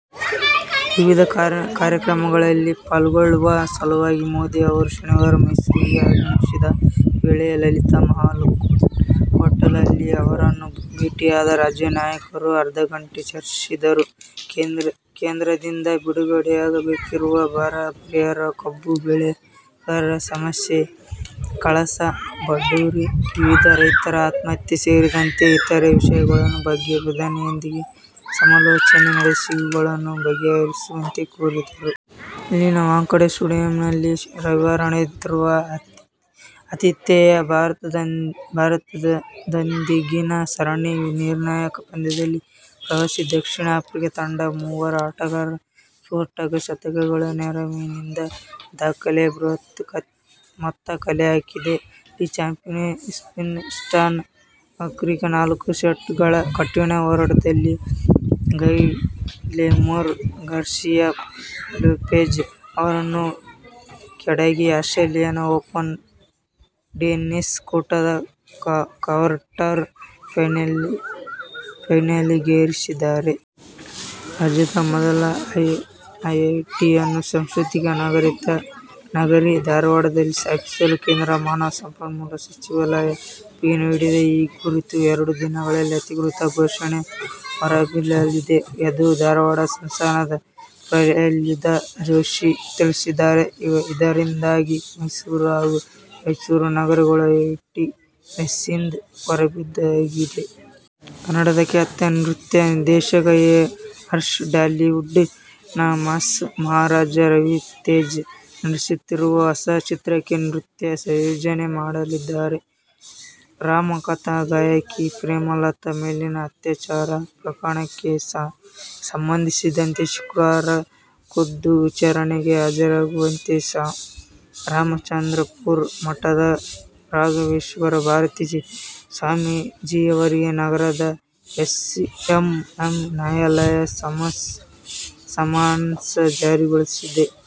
ವಿವಿಧ ಕಾರ್ಯಕ್ರಮಗಳಲ್ಲಿ ಪಾಲ್ಗೊಳ್ಳುವ ಸಲುವಾಗಿ ಮೋದಿ ಅವರು ಶನಿವಾರ ಮೈಸೂರಿಗೆ ಆಗಮಿಸಿದ ವೇಳೆ ಲಲಿತ್ ಮಹಲ್ ಹೊಟೇಲ್ನಲ್ಲಿ ಅವರನ್ನು ಭೇಟಿಯಾದ ರಾಜ್ಯ ನಾಯಕರು ಅರ್ಧಗಂಟೆ ಚರ್ಚಿಸಿದರು. ಕೇಂದ್ರದಿಂದ ಬಿಡುಗಡೆಯಾಗಬೇಕಿರುವ ಬರ ಪರಿಹಾರ, ಕಬ್ಬು ಬೆಳೆಗಾರರ ಸಮಸ್ಯೆ, ಕಳಸಾ-ಬಂಡೂರಿ ವಿವಾದ, ರೈತರ ಆತ್ಮಹತ್ಯೆ ಸೇರಿದಂತೆ ಇತರೆ ವಿಷಯಗಳ ಬಗ್ಗೆ ಪ್ರಧಾನಿಯೊಂದಿಗೆ ಸಮಾಲೋಚನೆ ನಡೆಸಿ, ಇವುಗಳನ್ನು ಬಗೆಹರಿಸುವಂತೆ ಕೋರಿದರು. ಇಲ್ಲಿನ ವಾಂಖಡೇ ಸ್ಟೇಡಿಯಂನಲ್ಲಿ ರವಿವಾರ ನಡೆಯುತ್ತಿರುವ ಆತಿಥೇಯ ಭಾರತದೊಂದಿಗಿನ ಸರಣಿ ನಿರ್ಣಾಯಕ ಪಂದ್ಯದಲ್ಲಿ ಪ್ರವಾಸಿ ದಕ್ಷಿಣ ಆಫ್ರಿಕಾ ತಂಡ ಮೂವರು ಆಟಗಾರರ ಸ್ಫೋಟಕ ಶತಕಗಳ ನೆರವಿನಿಂದ ದಾಖಲೆಯ ಬೃಹತ್ ಮೊತ್ತ ಕಲೆ ಹಾಕಿದೆ. ಹಾಲಿ ಚಾಂಪಿಯನ್ ಸ್ವಿಸ್ನ ಸ್ಟಾನ್ ವಾವ್ರಿಂಕ ನಾಲ್ಕು ಸೆಟ್ಗಳ ಕಠಿನ ಹೋರಾಟದಲ್ಲಿ ಗೈಲೆರ್ಮೊ ಗಾರ್ಸಿಯ ಲೊಪೆಜ್ ಅವರನ್ನು ಕೆಡಹಿ ಆಸ್ಟ್ರೇಲಿಯನ್ ಓಪನ್ ಟೆನಿಸ್ ಕೂಟದ ಕ್ವಾರ್ಟರ್ ಫೈನಲಿಗೇರಿದ್ದಾರೆ. ರಾಜ್ಯದ ಮೊದಲ ಐಐಟಿಯನ್ನು ಸಾಂಸ್ಕೃತಿಕ ನಗರಿ ಧಾರವಾಡದಲ್ಲಿ ಸ್ಥಾಪಿಸಲು ಕೇಂದ್ರ ಮಾನವ ಸಂಪನ್ಮೂಲ ಸಚಿವಾಲಯ ಒಪ್ಪಿಗೆ ನೀಡಿದೆ. ಈ ಕುರಿತು ಎರಡು ದಿನಗಳಲ್ಲಿ ಅಧಿಕೃತ ಘೋಷಣೆ ಹೊರಬೀಳಲಿದೆ ಎಂದು ಧಾರವಾಡ ಸಂಸದ ಪ್ರಹ್ಲಾದ ಜೋಶಿ ತಿಳಿಸಿದ್ದಾರೆ. ಇದರಿಂದಾಗಿ ಮೈಸೂರು ಹಾಗೂ ರಾಯಚೂರು ನಗರಗಳು ಐಐಟಿ ರೇಸ್ನಿಂದ ಹೊರಬಿದ್ದಂತಾಗಿದೆ. ಕನ್ನಡದ ಖ್ಯಾತ ನೃತ್ಯ ನಿರ್ದೇಶಕ ಎ. ಹರ್ಷ ಟಾಲಿವುಡ್'ನ ಮಾಸ್ ಮಹಾರಾಜ ರವಿತೇಜ ನಟಿಸುತ್ತಿರುವ ಹೊಸ ಚಿತ್ರಕ್ಕೆ ನೃತ್ಯ ಸಂಯೋಜನೆ ಮಾಡಲಿದ್ದಾರೆ. ರಾಮಕಥಾ ಗಾಯಕಿ ಪ್ರೇಮಲತಾ ಮೇಲಿನ ಅತ್ಯಾಚಾರ ಪ್ರಕರಣಕ್ಕೆ ಸಂಬಂಧಿಸಿದಂತೆ ಶುಕ್ರವಾರ ಖುದ್ದು ವಿಚಾರಣೆಗೆ ಹಾಜರಾಗುವಂತೆ ರಾಮಚಂದ್ರಾಪುರ ಮಠದ ರಾಘವೇಶ್ವರ ಭಾರತಿ ಸ್ವಾಮೀಜಿಯವರಿಗೆ ನಗರದ ಎಸಿಎಂಎಂ ನ್ಯಾಯಾಲಯ ಸಮನ್ಸ್ ಜಾರಿಗೊಳಿಸಿದೆ.